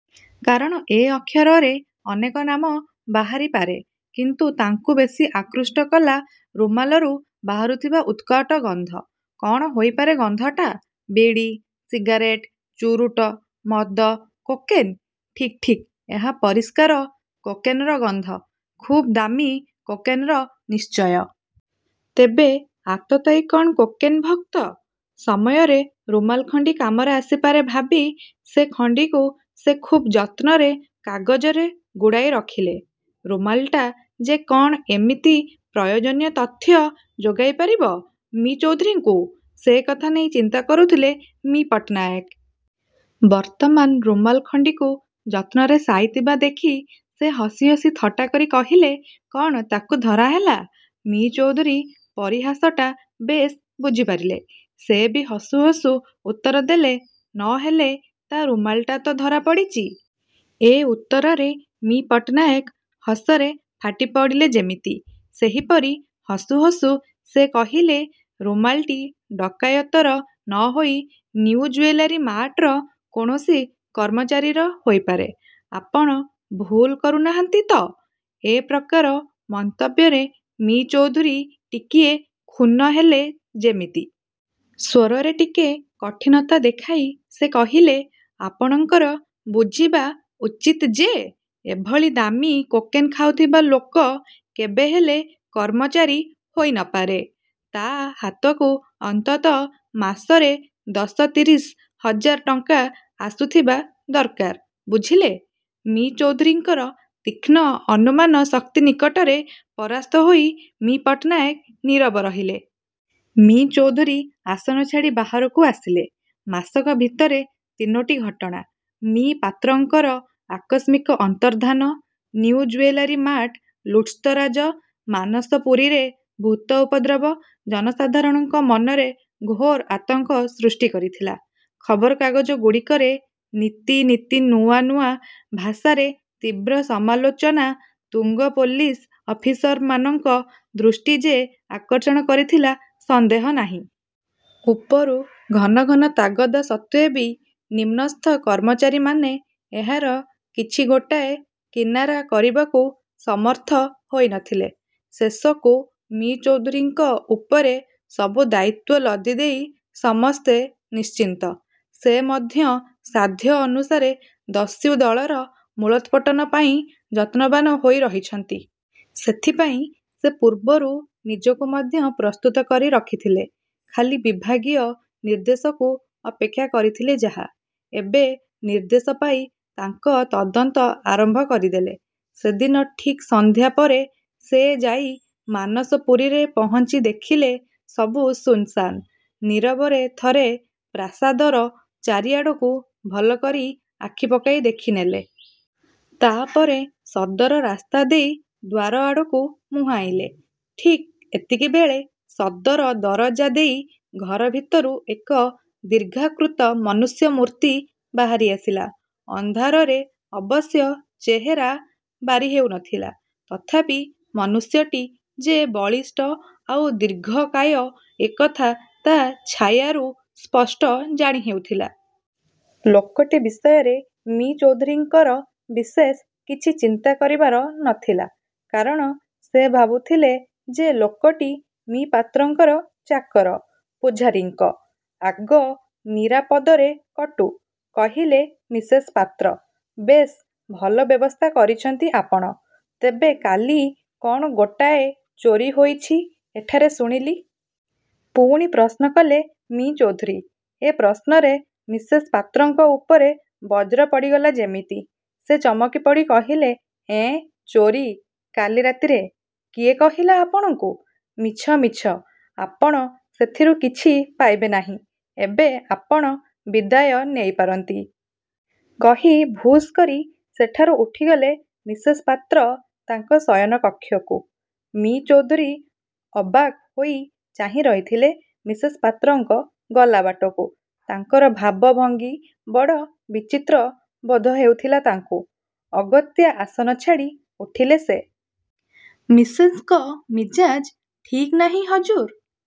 କାରଣ 'ଏ' ଅକ୍ଷରରେ ଅନେକ ନାମ ବାହାରି ପାରେ; କିନ୍ତୁ ତାଙ୍କୁ ବେଶୀ ଆକୃଷ୍ଟ କଲା ରୁମାଲରୁ ବାହାରୁଥିବା ଉତ୍କଟ ଗନ୍ଧ। କ'ଣ ହୋଇପାରେ ଗନ୍ଧଟା? ବିଡ଼ି, ସିଗାରେଟ୍, ଚୂରୁଟ, ମଦ, କୋକେନ୍ ଠିକ୍ ଠିକ୍ ଏହା ପରିଷ୍କାର କୋକେନର ଗନ୍ଧ। ଖୁବ୍ ଦାମୀ କୋକେନର ନିଶ୍ଚୟ-। ତେବେ ଆତତାୟୀ କ'ଣ କୋକେନ ଭକ୍ତ-? ସମୟରେ ରୁମାଲଖଣ୍ଡି କାମରେ ଆସିପାରେ ଭାବି ସେ ଖଣ୍ଡିକୁ ସେ ଖୁବ୍ ଯତ୍ନରେ କାଗଜରେ ଗୁଡ଼ାଇ ରଖିଲେ। ରୁମାଲଟା ଯେ କ'ଣ ଏମିତି ପ୍ରୟୋଜନୀୟ ତଥ୍ୟ ଯୋଗାଇ ପାରିବ ମି: ଚୌଧୁରୀଙ୍କୁ, ସେ କଥା ନେଇ ଚିନ୍ତା କରୁଥିଲେ ମି: ପଟ୍ଟନାୟକ। ବର୍ତ୍ତମାନ ରୁମାଲ ଖଣ୍ଡିକୁ ଯତ୍ନରେ ସାଇତିବା ଦେଖି ସେ ହସି ହସି ଥଟ୍ଟାକରି କହିଲେ, ''କଣ ତାକୁ ଧରା ହେଲା? '' ମି: ଚୌଧୁରୀ ପରିହାସଟା ବେଶ୍ ବୁଝିପାରିଲେ। ସେ ବି ହସୁ ହସୁ ଉତ୍ତର ଦେଲେ, ''ନ ହେଲେ ତା' ରୁମାଲଟା ତ ଧରା ପଡ଼ିଛି! '' ଏ ଉତ୍ତରରେ ମି: ପଟ୍ଟନାୟକ ହସରେ ଫାଟି ପଡ଼ିଲେ ଯେମିତି। ସେହିପରି ହସୁ ହସୁ ସେ କହିଲେ, ''ରୁମାଲଟି ଡକାୟତର ନ ହୋଇ ନିଉଜୁଏଲାରୀ ମାର୍ଟର କୌଣସି କର୍ମଚାରୀର ହୋଇପାରେ। ଆପଣ ଭୁଲ କରୁ ନାହାନ୍ତି ତ? '' ଏ ପ୍ରକାର ମନ୍ତବ୍ୟରେ ମି: ଚୌଧୁରୀ ଟିକିଏ କ୍ଷୁଣ୍ଣ ହେଲେ ଯେମିତି। ସ୍ୱରରେ ଟିକେ କଠିନତା ଦେଖାଇ ସେ କହିଲେ, ''ଆପଣଙ୍କର ବୁଝିବା ଉଚିତ ଯେ, ଏଭଳି ଦାମୀ କୋକେନ୍ ଖାଉଥିବା ଲୋକ କେବେ ହେଲେ କର୍ମଚାରୀ ହୋଇ ନ ପାରେ। ତା' ହାତକୁ ଅନ୍ତତଃ ମାସରେ ଦଶ ତିରିଶ ହଜାର ଟଙ୍କା ଆସୁଥିବା ଦରକାର, ବୁଝିଲେ? '' ମି: ଚୌଧୁରୀଙ୍କର ତୀକ୍ଷ୍ଣ ଅନୁମାନ ଶକ୍ତି ନିକଟରେ ପରାସ୍ତ ହୋଇ ମି: ପଟ୍ଟନାୟକ ନୀରବ ରହିଲେ। ମି: ଚୌଧୁରୀ ଆସନ ଛାଡ଼ି ବାହାରକୁ ଆସିଲେ। ମାସକ ଭିତରେ ତିନୋଟି ଘଟଣା-ମି: ପାତ୍ରଙ୍କର ଆକସ୍ମିକ ଅନ୍ତର୍ଦ୍ଧାନ, ନିଉ ଜୁଏଲାରୀ ମାର୍ଟ ଲୁଟ୍ତରାଜ, ମାନସପୁରୀରେ ଭୂତ ଉପଦ୍ରବ, ଜନ ସାଧାରଣଙ୍କ ମନରେ ଘୋର ଆତଙ୍କ ସୃଷ୍ଟି କରିଥିଲା। ଖବରକାଗଜ ଗୁଡ଼ିକରେ ନିତି ନିତି ନୂଆ ନୂଆ ଭାଷାରେ ତୀବ୍ର ସମାଲୋଚନା ତୁଙ୍ଗ ପୋଲିସ ଅଫିସରମାନଙ୍କ ଦୃଷ୍ଟି ଯେ ଆକର୍ଷଣ କରିଥିଲା, ସନ୍ଦେହ ନାହିଁ। ଉପରୁ ଘନ ଘନ ତାଗଦା ସତ୍ତ୍ୱେବି ନିମ୍ନସ୍ଥ କର୍ମଚାରୀମାନେ ଏହାର କିଛି ଗୋଟାଏ କିନାରା କରିବାକୁ ସମର୍ଥ ହୋଇ ନଥିଲେ। ଶେଷକୁ ମି: ଚୌଧୁରୀଙ୍କ ଉପରେ ସବୁ ଦାୟିତ୍ୱ ଲଦିଦେଇ ସମସ୍ତେ ନିଶ୍ଚିନ୍ତ। ସେ ମଧ୍ୟ ସାଧ୍ୟ ଅନୁସାରେ ଦସ୍ୟୁ ଦଳର ମୂଳୋତ୍ପାଟନ ପାଇଁ ଯତ୍ନବାନ୍ ହୋଇ ରହିଛନ୍ତି। ସେଥିପାଇଁ ସେ ପୂର୍ବରୁ ନିଜକୁ ମଧ୍ୟ ପ୍ରସ୍ତୁତ କରି ରଖିଥିଲେ; ଖାଲି ବିଭାଗୀୟ ନିର୍ଦ୍ଦେଶକୁ ଅପେକ୍ଷା କରିଥିଲେ ଯାହା। ଏବେ ନିର୍ଦ୍ଦେଶ ପାଇ ତାଙ୍କ ତଦନ୍ତ ଆରମ୍ଭ କରିଦେଲେ। ସେଦିନ ଠିକ୍ ସନ୍ଧ୍ୟା ପରେ ସେ ଯାଇ ମାନସପୁରୀରେ ପହଞ୍ଚି ଦେଖିଲେ-ସବୁ ଶୂନ୍ ଶାନ୍। ନୀରବରେ ଥରେ ପ୍ରାସାଦର ଚାରି ଆଡ଼କୁ ଭଲକରି ଆଖି ପକାଇ ଦେଖିନେଲେ। ତା'ପରେ ସଦର ରାସ୍ତା ଦେଇ ଦ୍ୱାର ଆଡ଼କୁ ମୁହାଁଇଲେ। ଠିକ୍ ଏତିକିବେଳେ ସଦର ଦରଜା ଦେଇ ଘର ଭିତରୁ ଏକ ଦୀର୍ଘାକୃତ ମନୁଷ୍ୟମୂର୍ତ୍ତି ବାହାରି ଆସିଲା। ଅନ୍ଧାରରେ ଅବଶ୍ୟ ଚେହେରା ବାରି ହେଉ ନଥିଲା। ତଥାପି ମନୁଷ୍ୟଟି ଯେ ବଳିଷ୍ଠ ଆଉ ଦୀର୍ଘକାୟ, ଏକଥା ତା'ଛାୟାରୁ ସ୍ପଷ୍ଟ ଜାଣି ହେଉଥିଲା। ଲୋକଟି ବିଷୟରେ ମି: ଚୌଧୁରୀଙ୍କର ବିଶେଷ କିଛି ଚିନ୍ତା କରିବାର ନଥିଲା; କାରଣ ସେ ଭାବୁଥିଲେ ଯେ ଲୋକଟି ମି: ପାତ୍ରଙ୍କର ଚାକର। ପୁଝାରୀଙ୍କ। ଆଗ ନିରାପଦରେ କଟୁ। '' କହିଲେ ମିସେସ୍ ପାତ୍ର। ''ବେଶ୍! ଭଲ ବ୍ୟବସ୍ଥା କରିଛନ୍ତି ଆପଣ। ତେବେ କାଲି କ'ଣ ଗୋଟାଏ ଚୋରୀ ହୋଇଛି ଏଠାରେ ଶୁଣିଲି। '' ପୁଣି ପ୍ରଶ୍ନ କଲେ ମି: ଚୌଧୁରୀ। ଏ ପ୍ରଶ୍ନରେ ମିସେସ୍ ପାତ୍ରଙ୍କ ଉପରେ ବଜ୍ର ପଡ଼ିଗଲା ଯେମିତି। ସେ ଚମକିପଡ଼ି କହିଲେ, ''ଏଁ, ଚୋରୀ! କାଲି ରାତିରେ? କିଏ କହିଲା ଆପଣଙ୍କୁ? ମିଛ, ମିଛ; ଆପଣ ସେଥିରୁ କିଛି ପାଇବେ ନାହିଁ। ଏବେ ଆପଣ ବିଦାୟ ନେଇ ପାରନ୍ତି। '' କହି ଭୁଷ୍ କରି ସେଠାରୁ ଉଠିଗଲେ ମିସେସ୍ ପାତ୍ର ତାଙ୍କ ଶୟନ କକ୍ଷକୁ। ମି: ଚୌଧୁରୀ ଅବାକ୍ ହୋଇ ଚାହିଁ ରହିଥିଲେ ମିସେସ୍ ପାତ୍ରଙ୍କ ଗଲା ବାଟକୁ। ତାଙ୍କର ଭାବ ଭଙ୍ଗି ବଡ଼ ବିଚିତ୍ର ବୋଧ ହେଉଥିଲା ତାଙ୍କୁ। ଅଗତ୍ୟା ଆସନ ଛାଡ଼ି ଉଠିଲେ ସେ। ''ମିସେସ୍ଙ୍କ ମିଜାଜ୍ ଠିକ୍ ନାହିଁ ହଜୁର୍!